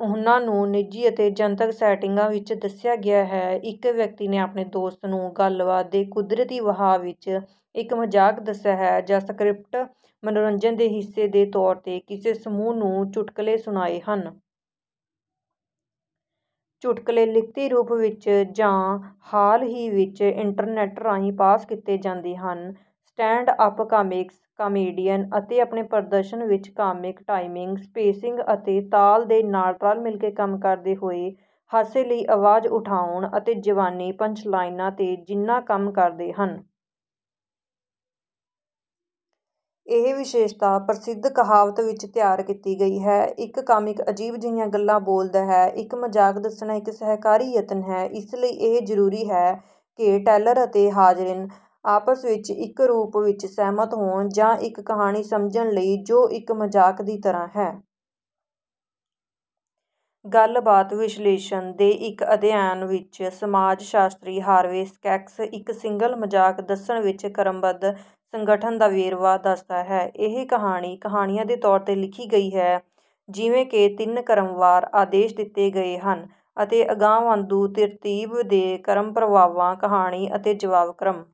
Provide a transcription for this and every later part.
ਉਹਨਾਂ ਨੂੰ ਨਿੱਜੀ ਅਤੇ ਜਨਤਕ ਸੈਟਿੰਗਾਂ ਵਿੱਚ ਦੱਸਿਆ ਗਿਆ ਹੈ। ਇੱਕ ਵਿਅਕਤੀ ਨੇ ਆਪਣੇ ਦੋਸਤ ਨੂੰ ਗੱਲਬਾਤ ਦੇ ਕੁਦਰਤੀ ਵਹਾਅ ਵਿੱਚ ਇੱਕ ਮਜ਼ਾਕ ਦੱਸਿਆ ਹੈ ਜਾਂ ਸਕ੍ਰਿਪਟ ਮਨੋਰੰਜਨ ਦੇ ਹਿੱਸੇ ਦੇ ਤੌਰ ’ਤੇ ਕਿਸੇ ਸਮੂਹ ਨੂੰ ਚੁਟਕਲੇ ਸੁਣਾਏ ਹਨ। ਚੁਟਕਲੇ ਲਿਖਤੀ ਰੂਪ ਵਿੱਚ ਜਾਂ, ਹਾਲ ਹੀ ਵਿੱਚ, ਇੰਟਰਨੈੱਟ ਰਾਹੀਂ ਪਾਸ ਕੀਤੇ ਜਾਂਦੇ ਹਨ। ਸਟੈਂਡ-ਅੱਪ ਕਾਮਿਕਸ, ਕਾਮੇਡੀਅਨ ਅਤੇ ਆਪਣੇ ਪ੍ਰਦਰਸ਼ਨ ਵਿੱਚ ਕਾਮਿਕ ਟਾਈਮਿੰਗ, ਸਪੇਸਿੰਗ ਅਤੇ ਤਾਲ ਦੇ ਨਾਲ ਰਲ-ਮਿਲ ਕੇ ਕੰਮ ਕਰਦੇ ਹੋਏ, ਹਾਸੇ ਲਈ ਆਵਾਜ਼ ਉਠਾਉਣ ਅਤੇ ਜ਼ਬਾਨੀ ਪੰਚਲਾਈਨਾਂ ’ਤੇ ਜਿੰਨਾ ਕੰਮ ਕਰਦੇ ਹਨ। ਇਹ ਵਿਸ਼ੇਸ਼ਤਾ ਪ੍ਰਸਿੱਧ ਕਹਾਵਤ ਵਿੱਚ ਤਿਆਰ ਕੀਤੀ ਗਈ ਹੈ: “ਇੱਕ ਕਾਮਿਕ ਅਜੀਬ ਜਿਹੀਆਂ ਗੱਲਾਂ ਬੋਲਦਾ ਹੈ; ਇੱਕ ਮਜ਼ਾਕ ਦੱਸਣਾ ਇੱਕ ਸਹਿਕਾਰੀ ਯਤਨ ਹੈ। ਇਸ ਲਈ ਇਹ ਜ਼ਰੂਰੀ ਹੈ ਕਿ ਟੈਲਰ ਅਤੇ ਹਾਜ਼ਰੀਨ ਆਪਸ ਵਿੱਚ ਇੱਕ ਰੂਪ ਵਿੱਚ ਸਹਿਮਤ ਹੋਣ ਜਾਂ ਇੱਕ ਕਹਾਣੀ ਸਮਝਣ ਲਈ ਜੋ ਇੱਕ ਮਜ਼ਾਕ ਦੀ ਤਰ੍ਹਾਂ ਹੈ।” ਗੱਲਬਾਤ ਵਿਸ਼ਲੇਸ਼ਣ ਦੇ ਇੱਕ ਅਧਿਐਨ ਵਿੱਚ, ਸਮਾਜ-ਸ਼ਾਸਤਰੀ ਹਾਰਵੇ ਸਕੈਕਸ ਇੱਕ ਸਿੰਗਲ ਮਜ਼ਾਕ ਦੱਸਣ ਵਿੱਚ ਕ੍ਰਮਬੱਧ ਸੰਗਠਨ ਦਾ ਵੇਰਵਾ ਦੱਸਦਾ ਹੈ। “ਇਹ ਕਹਾਣੀ ਕਹਾਣੀਆਂ ਦੇ ਤੌਰ ’ਤੇ ਲਿਖੀ ਗਈ ਹੈ, ਜਿਵੇਂ ਕਿ ਤਿੰਨ ਕ੍ਰਮਵਾਰ ਆਦੇਸ਼ ਦਿੱਤੇ ਗਏ ਹਨ ਅਤੇ ਅਗਾਂਹਵਧੂ ਤਰਤੀਬ ਦੇ ਕ੍ਰਮ—ਪ੍ਰਭਾਵਾਂ, ਕਹਾਣੀ ਅਤੇ ਜਵਾਬ ਕ੍ਰਮ।”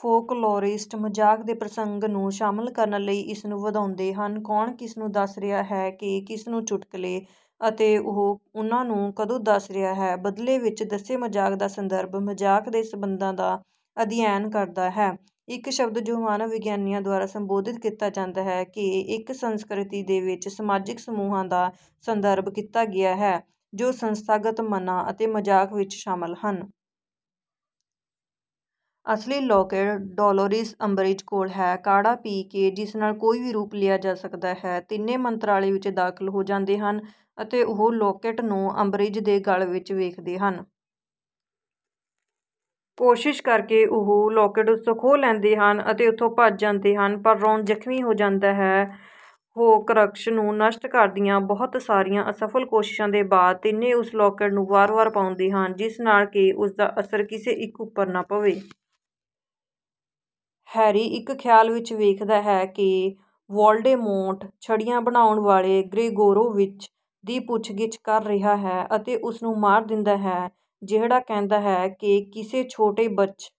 ਫੋਕਲੋਰਿਸਟ ਮਜ਼ਾਕ ਦੇ ਪ੍ਰਸੰਗ ਨੂੰ ਸ਼ਾਮਲ ਕਰਨ ਲਈ ਇਸ ਨੂੰ ਵਧਾਉਂਦੇ ਹਨ: ਕੌਣ ਕਿਸਨੂੰ ਦੱਸ ਰਿਹਾ ਹੈ ਕਿ ਕਿਸ ਨੂੰ ਚੁਟਕਲੇ? ਅਤੇ ਉਹ ਉਨ੍ਹਾਂ ਨੂੰ ਕਦੋਂ ਦੱਸ ਰਿਹਾ ਹੈ? ਬਦਲੇ ਵਿੱਚ ਦੱਸੇ ਮਜ਼ਾਕ ਦਾ ਸੰਦਰਭ ਮਜ਼ਾਕ ਦੇ ਸੰਬੰਧਾਂ ਦਾ ਅਧਿਐਨ ਕਰਦਾ ਹੈ, ਇੱਕ ਸ਼ਬਦ ਜੋ ਮਾਨਵ-ਵਿਗਿਆਨੀਆਂ ਦੁਆਰਾ ਸੰਬੋਧਿਤ ਕੀਤਾ ਜਾਂਦਾ ਹੈ ਕਿ ਇੱਕ ਸੰਸਕ੍ਰਿਤੀ ਦੇ ਵਿੱਚ ਸਮਾਜਿਕ ਸਮੂਹਾਂ ਦਾ ਸੰਦਰਭ ਕੀਤਾ ਗਿਆ ਹੈ, ਜੋ ਸੰਸਥਾਗਤ ਮਨਾਂ ਅਤੇ ਮਜ਼ਾਕ ਵਿੱਚ ਸ਼ਾਮਲ ਹਨ। ਅਸਲੀ ਲੌਕੇਟ ਡੋਲੋਰਿਸ ਅੰਬਰਿਜ ਕੋਲ ਹੈ। ਕਾੜ੍ਹਾ ਪੀ ਕੇ, ਜਿਸ ਨਾਲ ਕੋਈ ਵੀ ਰੂਪ ਲਿਆ ਜਾ ਸਕਦਾ ਹੈ, ਤਿੰਨੇ ਮੰਤਰਾਲੇ ਵਿੱਚ ਦਾਖ਼ਲ ਹੋ ਜਾਂਦੇ ਹਨ ਅਤੇ ਉਹ ਲੌਕੇਟ ਨੂੰ ਅੰਬਰਿਜ ਦੇ ਗਲ ਵਿੱਚ ਵੇਖਦੇ ਹਨ। ਕੋਸ਼ਿਸ਼ ਕਰਕੇ ਉਹ ਲੌਕੇਟ ਉਸ ਤੋਂ ਖੋਹ ਲੈਂਦੇ ਹਨ ਅਤੇ ਉੱਥੋਂ ਭੱਜ ਜਾਂਦੇ ਹਨ, ਪਰ ਰੌਨ ਜ਼ਖ਼ਮੀ ਹੋ ਜਾਂਦਾ ਹੈ। ਹੋਕਰਕਸ ਨੂੰ ਨਸ਼ਟ ਕਰਨ ਦੀਆਂ ਬਹੁਤ ਸਾਰੀਆਂ ਅਸਫ਼ਲ ਕੋਸ਼ਿਸ਼ਾਂ ਦੇ ਬਾਅਦ, ਤਿੰਨੇ ਉਸ ਲੌਕੇਟ ਨੂੰ ਵਾਰ-ਵਾਰ ਪਾਉਂਦੇ ਹਨ, ਜਿਸ ਨਾਲ ਕਿ ਉਸ ਦਾ ਅਸਰ ਕਿਸੇ ਇੱਕ ਉੱਪਰ ਨਾ ਪਵੇ। ਹੈਰੀ ਇੱਕ ਖ਼ਿਆਲ ਵਿੱਚ ਵੇਖਦਾ ਹੈ ਕਿ ਵੌਲਡੇਮੌਰਟ ਛੜੀਆਂ ਬਣਾਉਣ ਵਾਲੇ ਗ੍ਰੇਗੋਰੋਵਿਚ ਦੀ ਪੁੱਛਗਿੱਛ ਕਰ ਰਿਹਾ ਹੈ ਅਤੇ ਉਸ ਨੂੰ ਮਾਰ ਦਿੰਦਾ ਹੈ, ਜਿਹੜਾ ਕਹਿੰਦਾ ਹੈ ਕਿ ਕਿਸੇ ਛੋਟੇ ਬੱਚ...